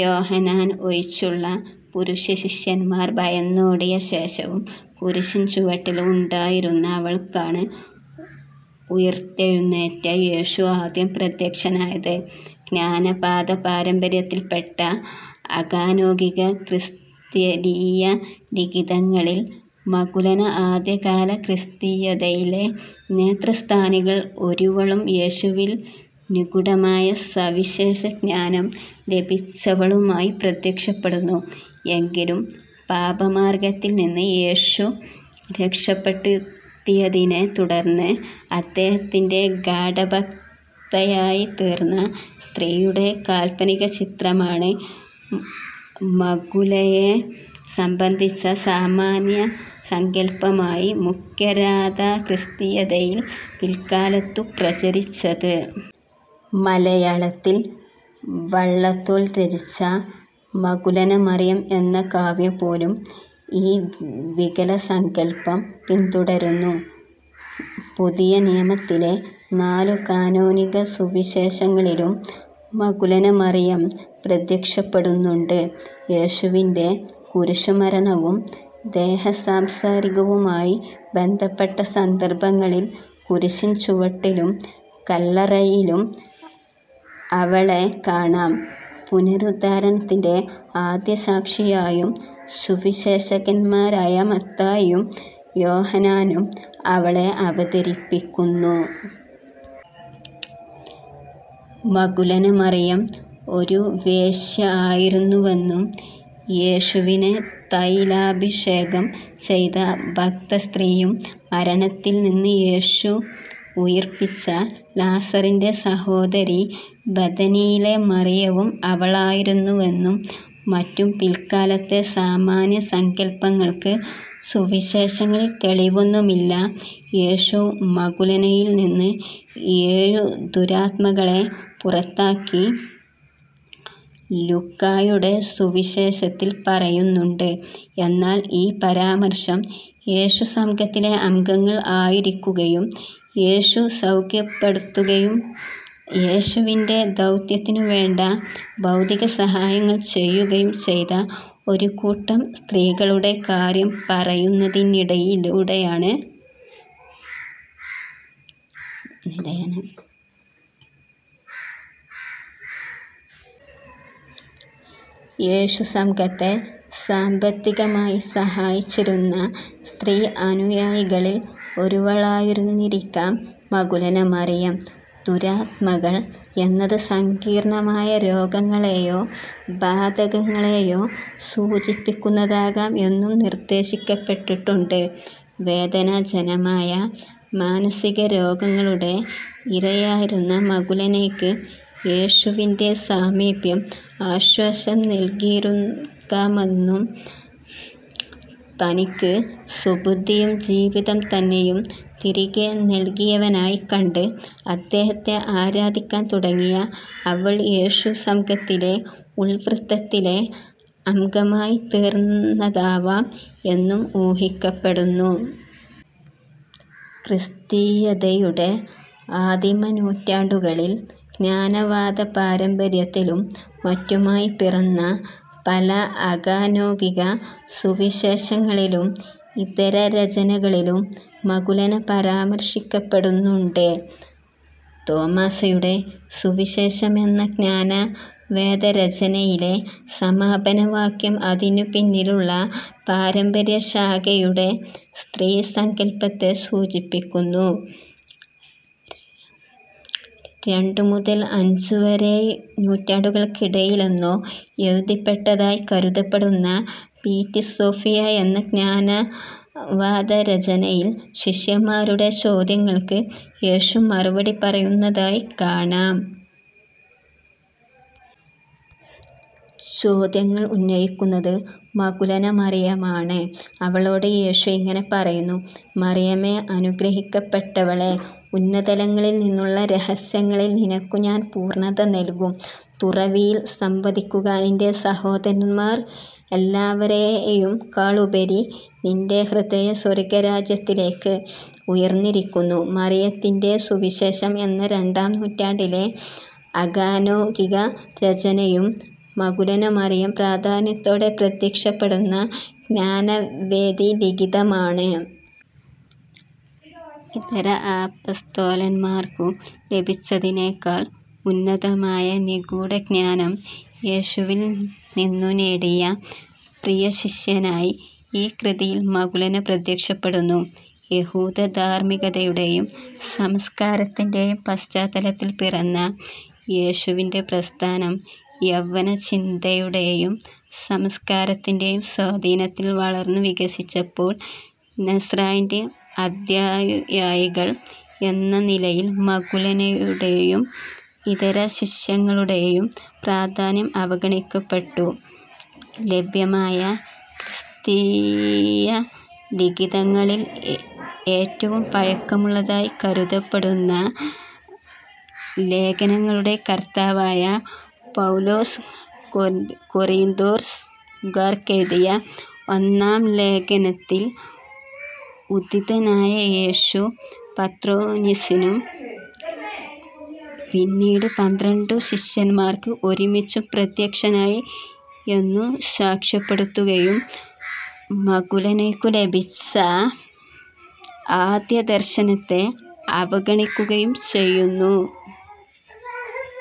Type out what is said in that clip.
യോഹന്നാൻ ഒഴിച്ചുള്ള പുരുഷശിഷ്യന്മാർ ഭയന്നോടിയ ശേഷവും കുരിശിൻ ചുവട്ടിൽ ഉണ്ടായിരുന്ന അവൾക്കാണ് ഉയിർത്തെഴുന്നേറ്റ യേശു ആദ്യം പ്രത്യക്ഷനായത്. ജ്ഞാനവാദപാരമ്പര്യത്തിൽ പെട്ട അകാനോനിക ക്രിസ്തീയലിഖിതങ്ങളിൽ 'മഗ്ദലന' ആദ്യകാലക്രിസ്തീയതയിലെ നേതൃസ്ഥാനികളിൽ ഒരുവളും യേശുവിൽ നിന്ന് നിഗൂഢമായ സവിശേഷജ്ഞാനം ലഭിച്ചവളുമായി പ്രത്യക്ഷപ്പെടുന്നു. എങ്കിലും പാപമാർഗ്ഗത്തിൽ നിന്ന് യേശു രക്ഷപെടുത്തിയതിനെ തുടർന്ന് അദ്ദേഹത്തിന്റെ ഗാഢഭക്തയായിത്തീർന്ന സ്ത്രീയുടെ കാല്പനികചിത്രമാണ് മഗ്ദലനയെ സംബന്ധിച്ച സാമാന്യസങ്കല്പമായി മുഖ്യധാരാക്രിസ്തീയതയിൽ പിൽക്കാലത്തു പ്രചരിച്ചത്. മലയാളത്തിൽ വള്ളത്തോൾ രചിച്ച 'മഗ്ദലനമറിയം' എന്ന കാവ്യം പോലും ഈ വികലസങ്കല്പം പിന്തുടരുന്നു. പുതിയനിയമത്തിലെ നാലു കാനോനിക സുവിശേഷങ്ങളിലും മഗ്ദലനമറിയം പ്രത്യക്ഷപ്പെടുന്നുണ്ട്. യേശുവിന്റെ കുരിശുമരണവും ദേഹസംസ്കാരവുമായി ബന്ധപ്പെട്ട സന്ദർഭങ്ങളിൽ കുരിശിൻ ചുവട്ടിലും കല്ലറയിലും അവളെ കാണാം. പുനരുദ്ധാനത്തിന്റെ ആദ്യസാക്ഷിയായും സുവിശേഷകന്മാരായ മത്തായിയും യോഹന്നാനും അവളെ അവതരിപ്പിക്കുന്നു. മഗ്ദലനമറിയം ഒരു വേശ്യ ആയിരുന്നുവെന്നും, യേശുവിനെ തൈലാഭിഷേകം ചെയ്ത ഭക്തസ്ത്രീയും മരണത്തിൽ നിന്ന് യേശു ഉയിർപ്പിച്ച ലാസറിന്റെ സഹോദരി ബെഥനിയിലെ മറിയവും അവളായിരുന്നെന്നും മറ്റുമുള്ള പിൽക്കാലത്തെ സാമാന്യസങ്കല്പങ്ങൾക്ക് സുവിശേഷങ്ങളിൽ തെളിവൊന്നുമില്ല. യേശു 'മഗ്ദലന'-യിൽ നിന്ന് ഏഴു ദുരാത്മാക്കളെ പുറത്താക്കിയതായി ലൂക്കായുടെ സുവിശേഷത്തിൽ പറയുന്നുണ്ട്. എന്നാൽ ഈ പരാമർശം, യേശുസംഘത്തിലെ അംഗങ്ങൾ ആയിരിക്കുകയും യേശു സൗഖ്യപ്പെടുത്തുകയും യേശുവിന്റെ ദൗത്യത്തിനു വേണ്ട ഭൗതികസഹായങ്ങൾ ചെയ്യുകയും ചെയ്ത ഒരുകൂട്ടം സ്ത്രീകളുടെ കാര്യം പറയുന്നതിനിടെയാണ്. യേശുസംഘത്തെ സാമ്പത്തികമായി സഹായിച്ചിരുന്ന സ്ത്രീ അനുയായികളിൽ ഒരുവളായിരുന്നിരിക്കാം മഗ്ദലനമറിയം. 'ദുരാത്മാക്കൾ' എന്നത് സങ്കീർണ്ണമായ രോഗങ്ങളേയോ 'ബാധ'-കളേയോ സൂചിപ്പിക്കുന്നതാകാം എന്നും നിർദ്ദേശിക്കപ്പെട്ടിട്ടുണ്ട്. വേദനാജനമായ മാനസികരോഗങ്ങളുടെ ഇരയായിരുന്ന മഗ്ദലനയ്ക്ക് യേശുവിന്റെ സാമീപ്യം ആശ്വാസം നൽകിയിരുന്നിരിക്കാമെന്നും തനിക്ക് സുബുദ്ധിയും ജീവിതം തന്നെയും തിരികെ നൽകിയവനായി കണ്ട് അദ്ദേഹത്തെ ആരാധിക്കാൻ തുടങ്ങിയ അവൾ യേശുസംഘത്തിലെ ഉൾവൃത്തത്തിലെ അംഗമായിത്തീർന്നതാവാം എന്നും ഊഹിക്കപ്പെടുന്നു. ക്രിസ്തീയതയുടെ ആദിമനൂറ്റാണ്ടുകളിൽ ജ്ഞാനവാദപാരമ്പര്യത്തിലും മറ്റുമായി പിറന്ന പല അകാനോനിക സുവിശേഷങ്ങളിലും ഇതരരചനകളിലും 'മഗ്ദലന' പരാമർശിക്കപ്പെടുന്നുണ്ട്. തോമായുടെ സുവിശേഷം എന്ന ജ്ഞാനവാദരചനയിലെ സമാപനവാക്യം അതിനു പിന്നിലുള്ള പാരമ്പര്യശാഖയുടെ സ്ത്രീസങ്കല്പത്തെ സൂചിപ്പിക്കുന്നു:- രണ്ടു മുതൽ അഞ്ചുവരെ നൂറ്റാണ്ടുകൾക്കിടയിലെന്നോ എഴുതപ്പെട്ടതായി കരുതപ്പെടുന്ന "പിസ്റ്റിസ് സോഫിയ" എന്ന ജ്ഞാനവാദരചനയിൽ ശിഷ്യന്മാരുടെ ചോദ്യങ്ങൾക്ക് യേശു മറുപടി പറയുന്നതായി കാണാം. ചോദ്യങ്ങളും ഉന്നയിക്കുന്നത് മഗ്ദലനമറിയമാണ്. അവളോട് യേശു ഇങ്ങനെ പറയുന്നു: "മറിയമേ, അനുഗ്രഹിക്കപ്പെട്ടവളേ, ഉന്നതങ്ങളിൽ നിന്നുള്ള രഹസ്യങ്ങളിൽ നിനക്കു ഞാൻ പൂർണ്ണത നൽകും. തുറവിയിൽ സംവദിക്കുക. നിന്റെ സഹോദരന്മാർ എല്ലാവരേയുംകാളുപരി നിന്റെ ഹൃദയം സ്വർഗ്ഗരാജ്യത്തിലേയ്ക്ക് ഉയർന്നിരിക്കുന്നു. " "മറിയത്തിന്റെ സുവിശേഷം" എന്ന രണ്ടാം നൂറ്റാണ്ടിലെ അകാനോനികരചനയും മഗ്ദലനമറിയം പ്രാധാന്യത്തോടെ പ്രത്യക്ഷപ്പെടുന്ന ഒരു ജ്ഞാനവാദലിഖിതമാണ്. ഇതര അപ്പസ്തോലന്മാർക്കു ലഭിച്ചതിനേക്കാൾ ഉന്നതമായ നിഗൂഢജ്ഞാനം യേശുവിൽ നിന്നു നേടിയ പ്രിയശിഷ്യയായി ഈ കൃതിയിൽ മഗ്ദലന പ്രത്യക്ഷപ്പെടുന്നു. യഹൂദധാർമ്മികതയുടേയും സംസ്കാരത്തിന്റേയും പശ്ചാത്തലത്തിൽ പിറന്ന യേശുവിന്റെ പ്രസ്ഥാനം യവനചിന്തയുടേയും സംസ്കാരത്തിന്റേയും സ്വാധീനത്തിൽ വളർന്നു വികസിച്ചപ്പോൾ, 'നസ്രായന്റെ' ആദ്യാനുയായികൾ എന്ന നിലയിൽ മഗ്ദലനയുടേയും ഇതരശിഷ്യകളുടേയും പ്രാധാന്യം അവഗണിക്കപ്പെട്ടു. ലഭ്യമായ ക്രിസ്തീയലിഖിതങ്ങളിൽ ഏറ്റവും പഴക്കമുള്ളതായി കരുതപ്പെടുന്ന ലേഖനങ്ങളുടെ കർത്താവായ പൗലോസ്, കൊറീന്തോസുകാർക്കെഴുതിയ ഒന്നാം ലേഖനത്തിൽ ഉദ്ധിതനായ യേശു പത്രോനിസും പിന്നീട് പന്ത്രണ്ടു ശിഷ്യർക്ക് ഒരുമിച്ചും പ്രത്യക്ഷനായി എന്നു സാക്ഷ്യപ്പെടുത്തുകയും മഗ്ദലനയ്ക്കു ലഭിച്ച ആദ്യദർശനത്തെ അവഗണിക്കുകയും ചെയ്യുന്നു.